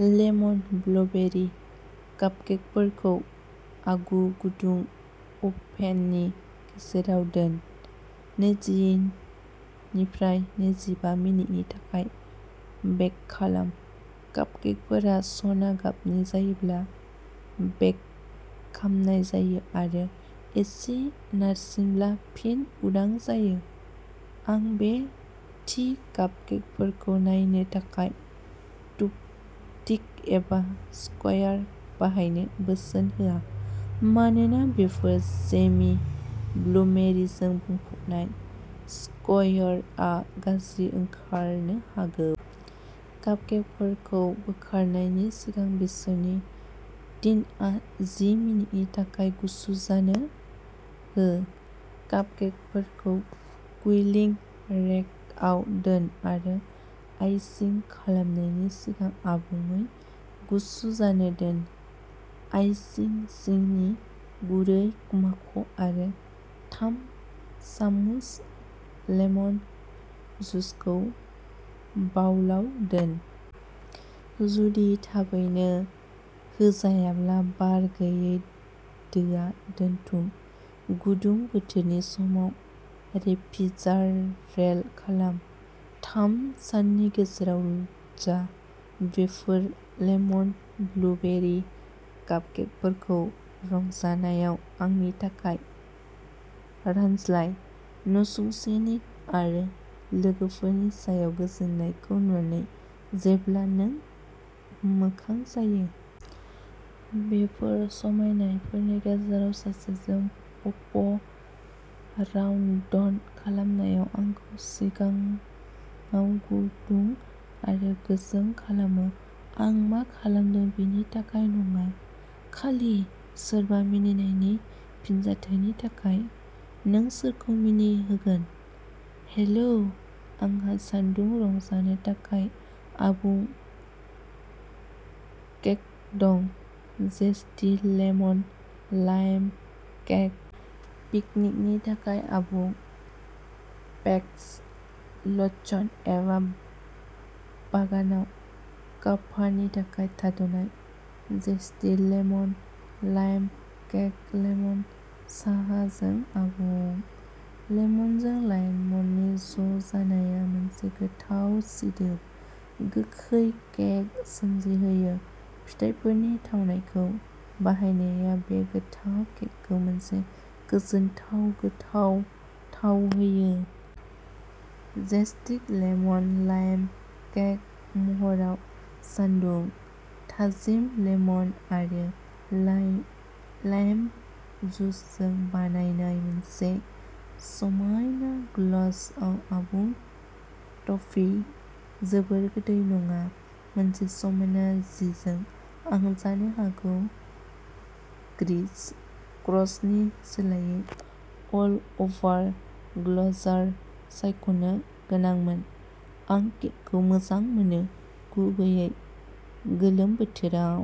Lemon blueberry कापकेकफोरखौ आगु गुदुं अभेननि गेजेराव दोन। नैजिनिफ्राय नैजिबा मिनिटनि थाखाय बेक खालाम। कापकेकफोरा सना गाबनि जायोब्ला बेक खालामनाय जायो आरो एसे नारसिनब्ला फिन उदां जायो। आं बे थि कापकेकफोरखौ नायनो थाखाय टुथपिक एबा स्क्युयार बाहायनो बोसोन होआ, मानोना बेफोर जेमि ब्लुबेरिजों बुंफबनाय, स्क्युआरआ गाज्रि ओंखारनो हागौ। कापकेकफोरखौ बोखारनायनि सिगां बिसोरनि टिनआव जि मिनिटनि थाखाय गुसु जानो हो। कापकेकफोरखौ कुलिं रेकआव दोन आरो आइसिं खालामनायनि सिगां आबुङै गुसु जानो दोन। आइसिं सिनि, गुरै माखन आरो थाम सामुस लेमन जुसखौ बावलाव दोन। जुदि थाबैनो होजायाब्ला बार गैयै दोआव दोनथुम। गुदुं बोथोरनि समाव रेफ्रिजारेल खालाम। थाम साननि गेजेराव जा। बेफोर लेमन ब्लुबेरि कापकेकफोरखौ रंजानायाव आंनि थाखाय, रानज्लाय। नसुंसेनि आरो लोगोफोरनि सायाव गोजोननायखौ नुनानै जेब्ला नों मोखां जायो। बेफोर समायनायफोरनि गेजेराव सासेजों पप राउन्ड खालामनाया आंखौ सिगाङाव गुदुं आरो गोजों खालामो। आं मा खालामदों बिनि थाखाय नङा, खालि सोरबा मिनिनायनि फिनजाथायनि थाखाय। नों सोरखौ मिनिहोगोन? हेलौ, आंहा सानदुं रंजानो थाखाय आबुं केक दं, जेस्टी लेमन लाइम केक। पिकनिकनि थाखाय आबुं, पेक्ड लञ्च एबा बागानाव कापानि थाखाय थाद'नाय! Zesty lemon lime cake lemon साहाजों आबुं! लेमनजों लाइमनि ज' जानाया मोनसे गोथाव सिदोब, गोखै केक सोमजिहोयो। फिथाइफोरनि थावनायखौ बाहायनाया बे गोथाव केकखौ मोनसे गोजोनथाव गोथाव थाव होयो। जेस्टी लेमन लाइम केक महराव सानदुं! थाजिम लेमन आरो लायेम लाइम जुसजों बानायनाय मोनसे समायना ग्लजआव आबुं टपिं। जोबोद गोदै नङा, मोनसे समायना जिजों आं जानो हागौ क्रिस क्रसनि सोलायै अल अ'भार ग्लेजार सायख'नो गोनांमोन! आं केकखौ मोजां मोनो, गुबैयै गोलोम बोथोराव।